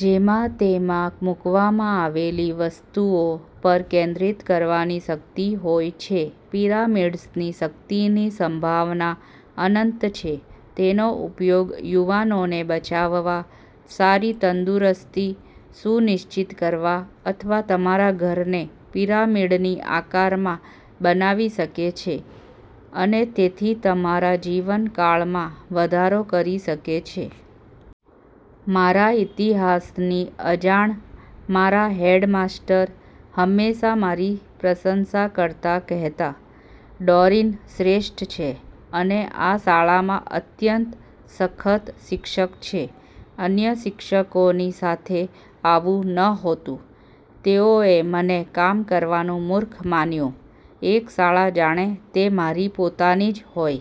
જેમાં તેમાં મૂકવામાં આવેલી વસ્તુઓ પર કેન્દ્રિત કરવાની શક્તિ હોય છે. પિરામિડ્સની શક્તિની સંભાવના અનંત છે. તેનો ઉપયોગ યુવાનોને બચાવવા, સારી તંદુરસ્તી સુનિશ્ચિત કરવા અથવા તમારા ઘરને પિરામિડની આકારમાં બનાવી શકે છે અને તેથી તમારા જીવનકાળમાં વધારો કરી શકે છે. મારા ઇતિહાસથી અજાણ મારા હેડમાસ્ટર, હંમેશાં મારી પ્રશંસા કરતા કહેતા, "ડોરિન શ્રેષ્ઠ છે અને આ શાળામાં અત્યંત સખત શિક્ષક છે. " અન્ય શિક્ષકોની સાથે આવું નહોતું. તેઓએ મને કામ કરવાનું મૂર્ખ માન્યું. એક શાળા જાણે તે મારી પોતાની જ હોય!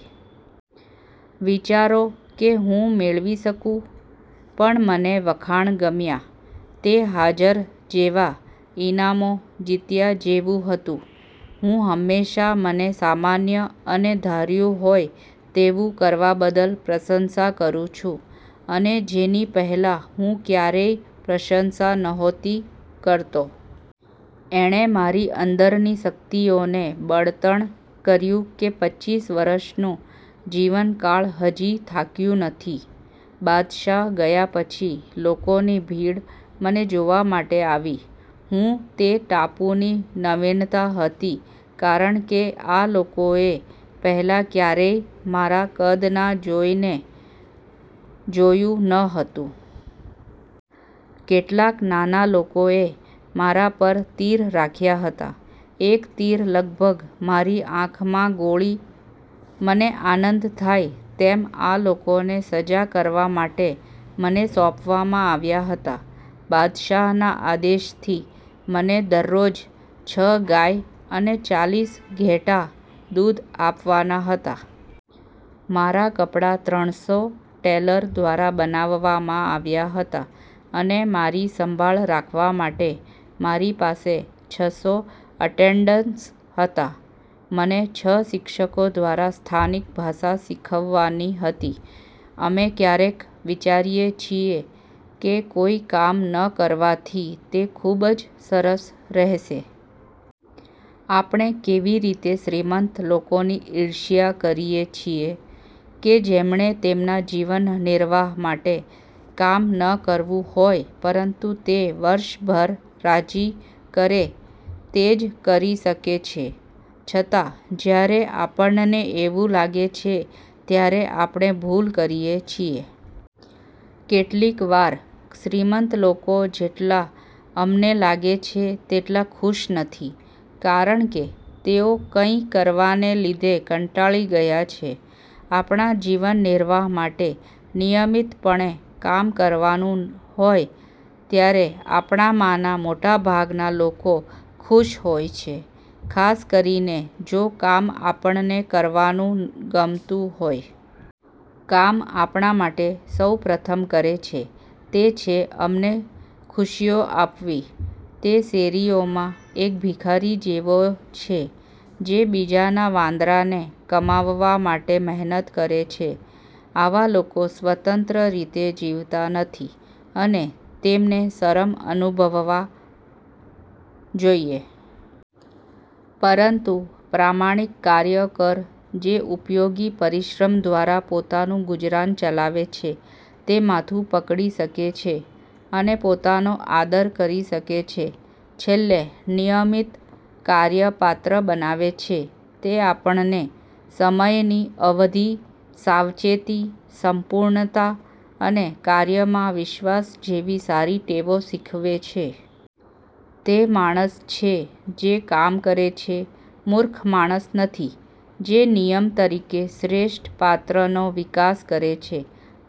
વિચારો કે હું મેળવી શકું? પણ મને વખાણ ગમ્યા. તે હાજર જેવા, ઇનામો જીત્યા જેવું હતું. હું હંમેશાં મને સામાન્ય અને ધાર્યું હોય તેવું કરવા બદલ પ્રશંસા કરું છું, અને જેની પહેલાં હું ક્યારેય પ્રશંસા નહોતી કરતો. એણે મારી અંદરની શક્તિઓને બળતણ કર્યું કે પચીસ વર્ષનું જીવનકાળ હજી થાક્યું નથી. બાદશાહ ગયા પછી, લોકોની ભીડ મને જોવા માટે આવી. હું તે ટાપુની નવીનતા હતી કારણ કે આ લોકોએ પહેલાં ક્યારેય મારા કદના કોઈને જોયું ન હતું. કેટલાક નાના લોકોએ મારા પર તીર રાખ્યા હતા. એક તીર લગભગ મારી આંખ માં ગોળી. મને આનંદ થાય તેમ આ લોકોને સજા કરવા માટે મને સોંપવામાં આવ્યા હતા. બાદશાહના આદેશથી, મને દરરોજ છ ગાય અને ચાલીસ ઘેટાં દૂધ આપવાના હતા. મારા કપડાં ત્રણસો ટેલર દ્વારા બનાવવામાં આવ્યાં હતાં અને મારી સંભાળ રાખવા માટે મારી પાસે છસો એટેન્ડન્ટ્સ હતાં. મને છ શિક્ષકો દ્વારા સ્થાનિક ભાષા શીખવવાની હતી. અમે ક્યારેક વિચારીએ છીએ કે કોઈ કામ ન કરવાથી તે ખૂબ જ સરસ રહેશે. આપણે કેવી રીતે શ્રીમંત લોકોની ઇર્ષ્યા કરીએ છીએ કે જેમણે તેમના જીવનનિર્વાહ માટે કામ ન કરવું હોય પરંતુ તે વર્ષભર રાજી કરે તે જ કરી શકે છે. છતાં જ્યારે આપણને આવું લાગે છે ત્યારે આપણે ભૂલ કરીએ છીએ. કેટલીક વાર શ્રીમંત લોકો જેટલા અમને લાગે છે તેટલા ખુશ નથી, કારણ કે તેઓ કંઇ કરવાને લીધે કંટાળી ગયા છે. આપણા જીવનનિર્વાહ માટે નિયમિતપણે કામ કરવાનું હોય ત્યારે, આપણામાંના મોટાભાગના લોકો ખુશ હોય છે, ખાસ કરીને જો કામ આપણને કરવાનું ગમતું હોય. કામ આપણા માટે સૌ પ્રથમ કરે છે તે છે અમને ખુશીઓ આપવી. તે શેરીઓમાં એક ભિખારી જેવો છે જે બીજાના વાંદરાને કમાવવા માટે મહેનત કરે છે. આવા લોકો સ્વતંત્ર રીતે જીવતા નથી અને તેમને શરમ અનુભવવા જોઈએ. પરંતુ પ્રામાણિક કાર્યકર જે ઉપયોગી પરિશ્રમ દ્વારા પોતાનું ગુજરાન ચલાવે છે તે માથું પકડી શકે છે અને પોતાનો આદર કરી શકે છે. છેલ્લે નિયમિત કાર્ય પાત્ર બનાવે છે. તે આપણને સમયની અવધિ, સાવચેતી, સંપૂર્ણતા અને કાર્યમાં વિશ્વાસ જેવી સારી ટેવો શીખવે છે. તે માણસ છે જે કામ કરે છે, મૂર્ખ માણસ નથી, જે નિયમ તરીકે શ્રેષ્ઠ પાત્રનો વિકાસ કરે છે.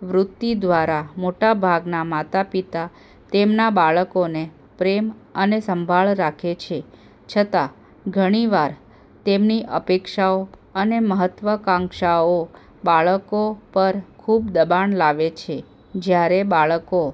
વૃત્તિ દ્વારા, મોટાભાગના માતાપિતા તેમના બાળકોને પ્રેમ અને સંભાળ રાખે છે. છતાં, ઘણી વાર, તેમની અપેક્ષાઓ અને મહત્વાકાંક્ષાઓ બાળકો પર ખૂબ દબાણ લાવે છે. જ્યારે બાળકો।